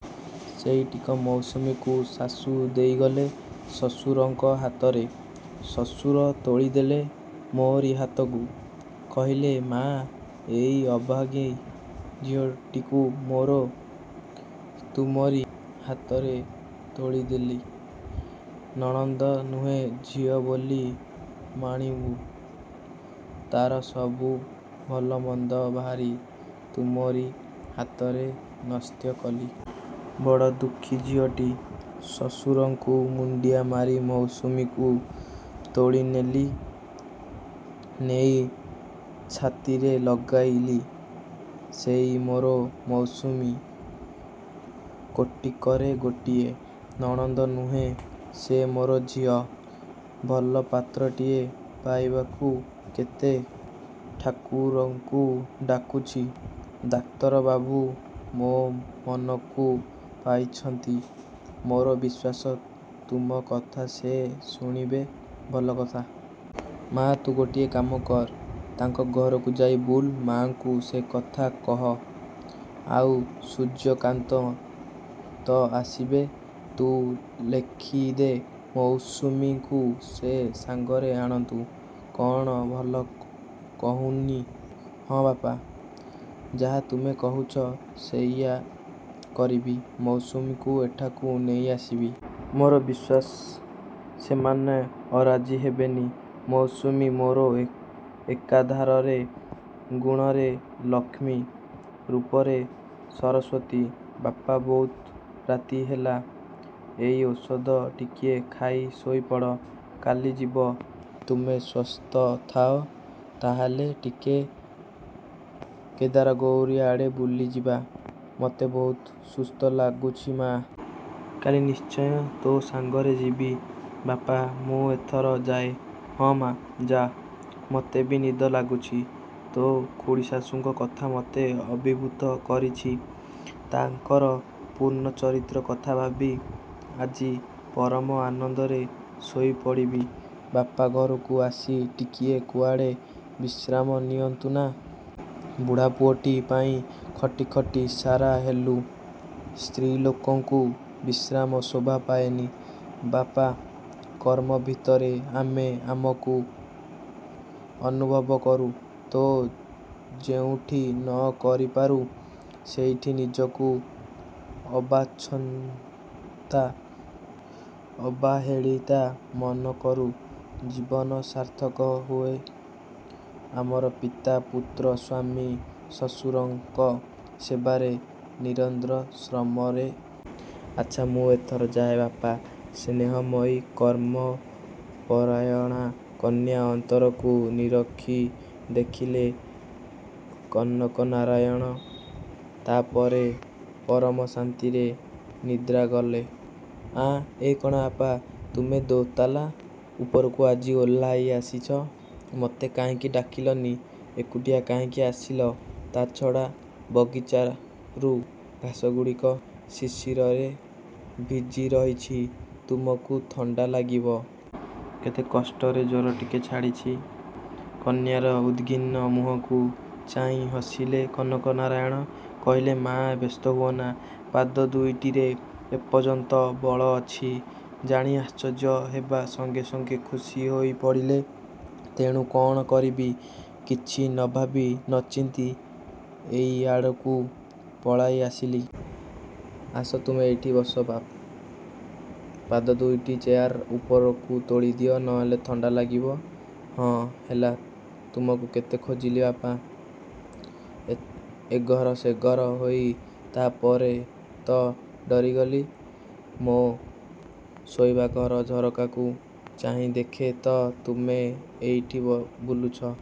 ସେଇ ଟିକ ମୌସୁମୀକୁ ଶାଶୂ ଦେଇଗଲେ ଶ୍ୱଶୁରଙ୍କ ହାତରେ, ଶ୍ୱଶୁର ତୋଳିଦେଲେ ମୋରି ହାତକୁ। କହିଲେ ମାଆ, ଏଇ ଅଭାଗୀ ଝିଅଟିକୁ ମୋରି ତୁମରି ହାତରେ ତୋଳିଦେଲି। ନଣନ୍ଦ ନୁହେଁ ଝିଅ ବୋଲି ମଣିବ। ତା'ର ସବୁ ଭଲମନ୍ଦ ଭାର ତୁମରି ହାତରେ ନ୍ୟସ୍ତ କଲି। ବଡ଼ ଦୁଃଖୀ ଝିଅଟି। ଶ୍ୱଶୁରଙ୍କୁ ମୁଣ୍ଡିଆ ମାରି ମୌସୁମୀକୁ ତୋଳିନେଲି, ନେଇ ଛାତିରେ ଲଗାଇଲି। ସେଇ ମୋର ମୌସୁମୀ। କୋଟିକରେ ଗୋଟିଏ, ନଣନ୍ଦ ନୁହେଁ ସେ ମୋର ଝିଅ। ଭଲ ପାତ୍ରଟିଏ ପାଇବାକୁ କେତେ ଠାକୁରଙ୍କୁ ଡାକୁଛି। ଡାକ୍ତରବାବୁ ମୋ ମନକୁ ପାଇଛନ୍ତି, ମୋର ବିଶ୍ୱାସ ତୁମ କଥା ସେ ଶୁଣିବେ। ଭଲକଥା। ମା, ତୁ ଗୋଟିଏ କାମ କର୍। ତାଙ୍କ ଘରକୁ ଯାଇ ବୁଲୁ ମା'ଙ୍କୁ ସେକଥା କହ। ଆଉ ସୂର୍ଯ୍ୟକାନ୍ତ ତ ଆସିବେ। ତୁ ଲେଖିଦେ ମୌସୁମୀକୁ ସେ ସାଙ୍ଗରେ ଆଣନ୍ତୁ। କ'ଣ ଭଲ କହୁନି? ହଁ ବାପା। ଯାହା ତୁମେ କହୁଛ ସେଇଆ କରିବି। ମୌସୁମୀକୁ ଏଠାକୁ ନେଇଆସିବି। ମୋର ବିଶ୍ୱାସ ସେମାନେ ଅରାଜି ହେବେନି। ମୌସୁମୀ ମୋର ଏକାଧାରରେ ଗୁଣରେ ଲକ୍ଷ୍ମୀ, ରୂପରେ ସରସ୍ୱତୀ। ବାପା ବହୁତ ରାତି ହେଲା। ଏଇ ଔଷଧ ଟିକିଏ ଖାଇ ଶୋଇପଡ଼। କାଲି ଯିବ, ତୁମେ ସୁସ୍ଥ ଥାଅ, ତାହାହେଲେ ଟିକେ କେଦାରଗୌରୀ ଆଡ଼େ ବୁଲିଯିବା। ମୋତେ ବହୁତ ସୁସ୍ଥ ଲାଗୁଛି ମା'। କାଲି ନିଶ୍ଚୟ ତୋ ସାଙ୍ଗରେ ଯିବି। ବାପା, ମୁଁ ଏଥର ଯାଏ?ହଁ ମା', ଯା। ମୋତେ ବି ନିଦ ଲାଗୁଛି। ତୋ ଖୁଡ଼ୀଶାଶୂଙ୍କ କଥା ମୋତେ ଅଭିଭୂତ କରିଛି। ତାଙ୍କର ପୂର୍ଣ୍ଣ ଚରିତ୍ର କଥା ଭାବି ଆଜି ପରମ ଆନନ୍ଦରେ ଶୋଇପଡ଼ିବି। ବାପଘରକୁ ଆସି ଟିକିଏ କୁଆଡ଼େ ବିଶ୍ରାମ ନିଅନ୍ତୁ ନା। ବୁଢ଼ା ପୁଅଟି ପାଇଁ ଖଟି ଖଟି ସାରା ହେଲୁ। ସ୍ତ୍ରୀ ଲୋକଙ୍କୁ ବିଶ୍ରାମ ଶୋଭାପାଏନି ବାପା, କର୍ମ ଭିତରେ ଆମେ ଆମକୁ ଅନୁଭବ କରୁ। ତା ଯେଉଁଠି ନ କରିପାରୁ, ସେଠି ନିଜକୁ ଅବାଞ୍ଛତା, ଅବାହେଳିତା ମନକରୁ। ଜୀବନ ସାର୍ଥକ ହୁଏ ଆମର ପିତା, ପୁତ୍ର, ସ୍ୱାମୀ, ଶ୍ୱଶୁରଙ୍କ ସେବାରେ, ନିରନ୍ଧ୍ର ଶ୍ରମରେ। ଆଚ୍ଛା, ମୁଁ ଏଥର ଯାଏ ବାପା। ସ୍ନେହମୟୀ କର୍ମପରାୟଣା କନ୍ୟାର ଅନ୍ତରକୁ ନିରେଖି ଦେଖିଲେ କନକନାରାୟଣ। ତାପରେ ପରମ ଶାନ୍ତିରେ ନିଦ୍ରାଗଲେ। ଆଃ, ଏ କ'ଣ ବାପା, ତୁମେ ଦୋ'ତାଲା ଉପରୁ ଆଜି ଓହ୍ଲାଇଆସିଛ? ମୋତେ କାହିଁକି ଡାକିଲନି? ଏକୁଟିଆ କାହିଁକି ଆସିଲ? ତା' ଛଡ଼ା ବଗିଚାରୁ ଘାସଗୁଡ଼ିକ ଶିଶିରରେ ଭିଜି ରହିଛି, ତୁମକୁ ଥଣ୍ଡା ଲାଗିବ। କେତେ କଷ୍ଟରେ ଜ୍ୱର ଟିକେ ଛାଡ଼ିଛି। କନ୍ୟାର ଉଦ୍ବିଘ୍ନ ମୁହଁକୁ ଚାହିଁ ହସିଲେ କନକନାରାୟଣ। କହିଲେ ମା', ବ୍ୟସ୍ତ ହୁଅନା। ପାଦ ଦୁଇଟିରେ ଏପର୍ଯ୍ୟନ୍ତ ବଳ ଅଛି ଜାଣି ଆଶ୍ଚର୍ଯ୍ୟ ହେବା ସଙ୍ଗେ ସଙ୍ଗେ ଖୁସି ହୋଇପଡ଼ିଲେ । ତେଣୁ, କ'ଣ କରିବି କିଛି ନଭାବି ନଚିନ୍ତି ଏଇଆଡ଼କୁ ପଳାଇ ଆସିଲି। ଆସ ତୁମେ ଏଇଠି ବସ। ପାଦ ଦୁଇଟି ଚେୟାର ଉପରକୁ ତୋଳିଦିଅ, ନହେଲେ ଥଣ୍ଡା ଲାଗିବ। ହଁ ହେଲା, ତୁମକୁ କେତେ ଖୋଜିଲି ବାପା, ଏଘର ସେଘର ହୋଇ, ତା'ପରେ ତ ଡରିଗଲି। ମୋ ଶୋଇବା ଘର ଝରକାରୁ ଚାହିଁ ଦେଖେ ତ ତୁମେ ଏଇଠି ବୁଲୁଛ।